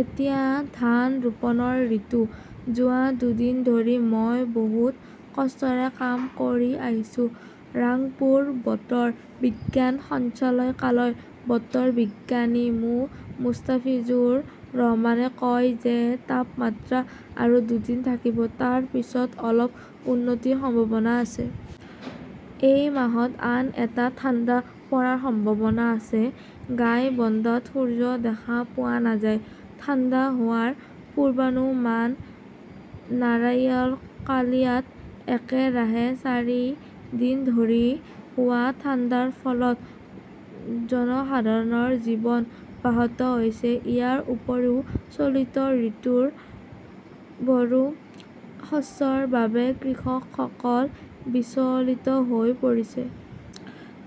এতিয়া ধান ৰোপণৰ ঋতু। যোৱা দুদিন ধৰি মই বহুত কষ্টৰে কাম কৰি আহিছো। ৰাংপুৰ বতৰ বিজ্ঞান সঞ্চালকালয়ৰ বতৰ বিজ্ঞানী মো. মুষ্টাফিজুৰ ৰহমানে কয় যে তাপমাত্ৰা আৰু দুদিন থাকিব। তাৰ পিছত অলপ উন্নতিৰ সম্ভাৱনা আছে। এই মাহত আন এটা ঠাণ্ডা পৰাৰ সম্ভাৱনা আছে। গাইবন্দাত সূৰ্য দেখা পোৱা নাযায়, ঠাণ্ডা হোৱাৰ পূৰ্বানুমান নাৰাইলৰ কালিয়াত একেৰাহে চাৰিদিন ধৰি হোৱা ঠাণ্ডাৰ ফলত জনসাধাৰণৰ জীৱন ব্যাহত হৈছে। ইয়াৰ উপৰিও, চলিত ঋতুৰ বৰো শস্যৰ বাবে কৃষকসকল বিচলিত হৈ পৰিছে।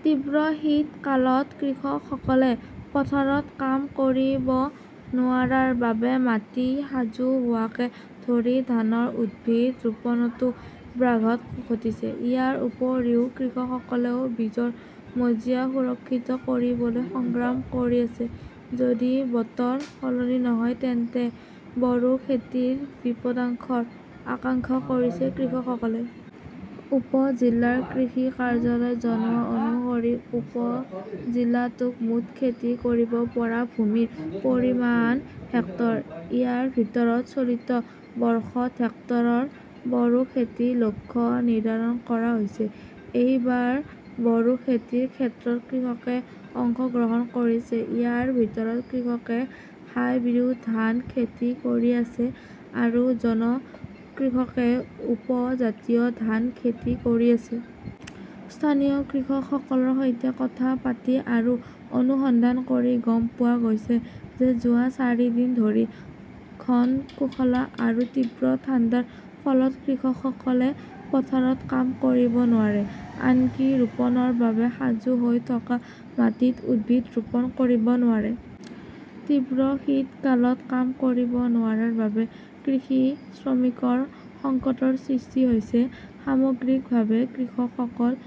তীব্ৰ শীতকালত কৃষকসকলে পথাৰত কাম কৰিব নোৱাৰাৰ বাবে মাটি সাজু হোৱাকে ধৰি ধানৰ উদ্ভিদ ৰোপণতো ব্যাঘাত ঘটিছে। ইয়াৰ উপৰিও, কৃষকসকলে বীজৰ মজিয়া সুৰক্ষিত কৰিবলৈ সংগ্ৰাম কৰি আছে। যদি বতৰ সলনি নহয় তেন্তে বৰো খেতিৰ বিপদাশংকাৰ আশংকা কৰিছে কৃষকসকলে। উপ-জিলাৰ কৃষি কাৰ্যালয়ে জনোৱা অনুসৰি উপ-জিলাটোত মুঠ খেতি কৰিব পৰা ভূমিৰ পৰিমাণ হেক্টৰ। ইয়াৰ ভিতৰত চলিত বৰ্ষত হেক্টৰত বৰো খেতিৰ লক্ষ্য নিৰ্ধাৰণ কৰা হৈছে। এইবাৰ বৰো খেতিৰ ক্ষেত্ৰত কৃষকে অংশগ্ৰহণ কৰিছে। ইয়াৰ ভিতৰত কৃষকে হাইব্ৰিড ধান খেতি কৰি আছে আৰু জন কৃষকে উপজাতীয় ধান খেতি কৰি আছে। স্থানীয় কৃষকসকলৰ সৈতে কথা পাতি আৰু অনুসন্ধান কৰি গম পোৱা গৈছে যে যোৱা চাৰিদিন ধৰি ঘন কুয়াশা আৰু তীব্ৰ ঠাণ্ডাৰ ফলত কৃষকসকলে পথাৰত কাম কৰিব নোৱাৰে। আনকি ৰোপণৰ বাবে সাজু হৈ থকা মাটিত উদ্ভিদ ৰোপণ কৰিব নোৱাৰি। তীব্ৰ শীতকালত কাম কৰিব নোৱাৰাৰ বাবে কৃষি শ্ৰমিকৰ সংকটৰ সৃষ্টি হৈছে। সামগ্ৰিকভাৱে কৃষকসকল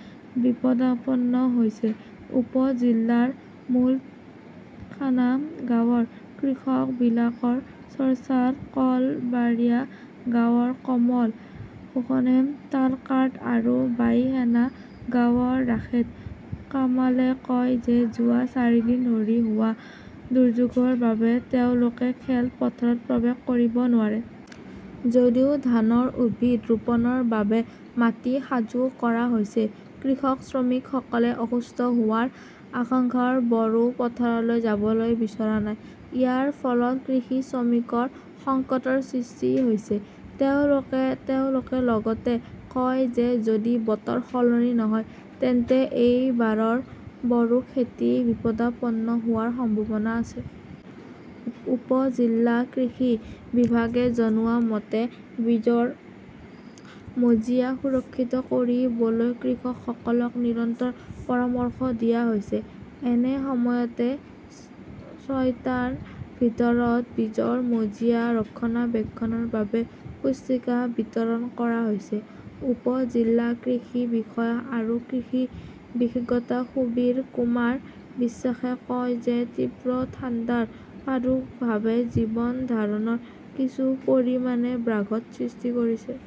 বিপদাপন্ন হৈছে। উপ-জিলাৰ মুলখানা গাঁৱৰ কৃষক বিলায়ত চৰ্দাৰ, কলাবাৰিয়া গাঁৱৰ কমল হোসেন তালকাৰ্ড আৰু বাইসোনা গাঁৱৰ ৰাশেদ কামালে কয় যে যোৱা চাৰিদিন ধৰি হোৱা দুৰ্যোগৰ বাবে তেওঁলোকে খেলপথাৰত প্ৰৱেশ কৰিব নোৱাৰে। যদিও ধানৰ উদ্ভিদ ৰোপণৰ বাবে মাটি সাজু কৰা হৈছে, কৃষক শ্ৰমিকসকলে অসুস্থ হোৱাৰ আশংকাত বৰো পথাৰলৈ যাবলৈ বিচৰা নাই। ইয়াৰ ফলত কৃষি শ্ৰমিকৰ সংকটৰ সৃষ্টি হৈছে। তেওঁলোকে লগতে কয় যে যদি বতৰ সলনি নহয় তেন্তে এইবাৰৰ বৰো খেতি বিপদাপন্ন হোৱাৰ সম্ভাৱনা আছে। উপ-জিলা কৃষি বিভাগে জনোৱা মতে, বীজৰ মজিয়া সুৰক্ষিত কৰিবলৈ কৃষকসকলক নিৰন্তৰ পৰামৰ্শ দিয়া হৈছে। একে সময়তে শয়তানৰ ভিতৰত বীজৰ মজিয়া ৰক্ষণাবেক্ষণৰ বাবে পুস্তিকা বিতৰণ কৰা হৈছে। উপ-জিলা কৃষি বিষয়া আৰু কৃষি বিশেষজ্ঞ সুবীৰ কুমাৰ বিশ্বাসে কয় যে তীব্ৰ ঠাণ্ডাৰ প্ৰাদুৰ্ভাৱে জীৱন ধাৰণত কিছু পৰিমাণে ব্যাঘাত সৃষ্টি কৰিছে।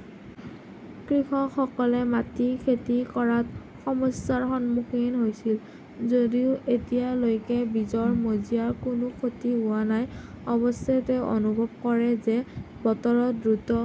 কৃষকসকলে মাটি খেতি কৰাত সমস্যাৰ সন্মুখীন হৈছিল যদিও এতিয়ালৈকে বীজৰ মজিয়াৰ কোনো ক্ষতি হোৱা নাই। অৱশ্যে, তেওঁ অনুভৱ কৰে যে বতৰত দ্ৰুত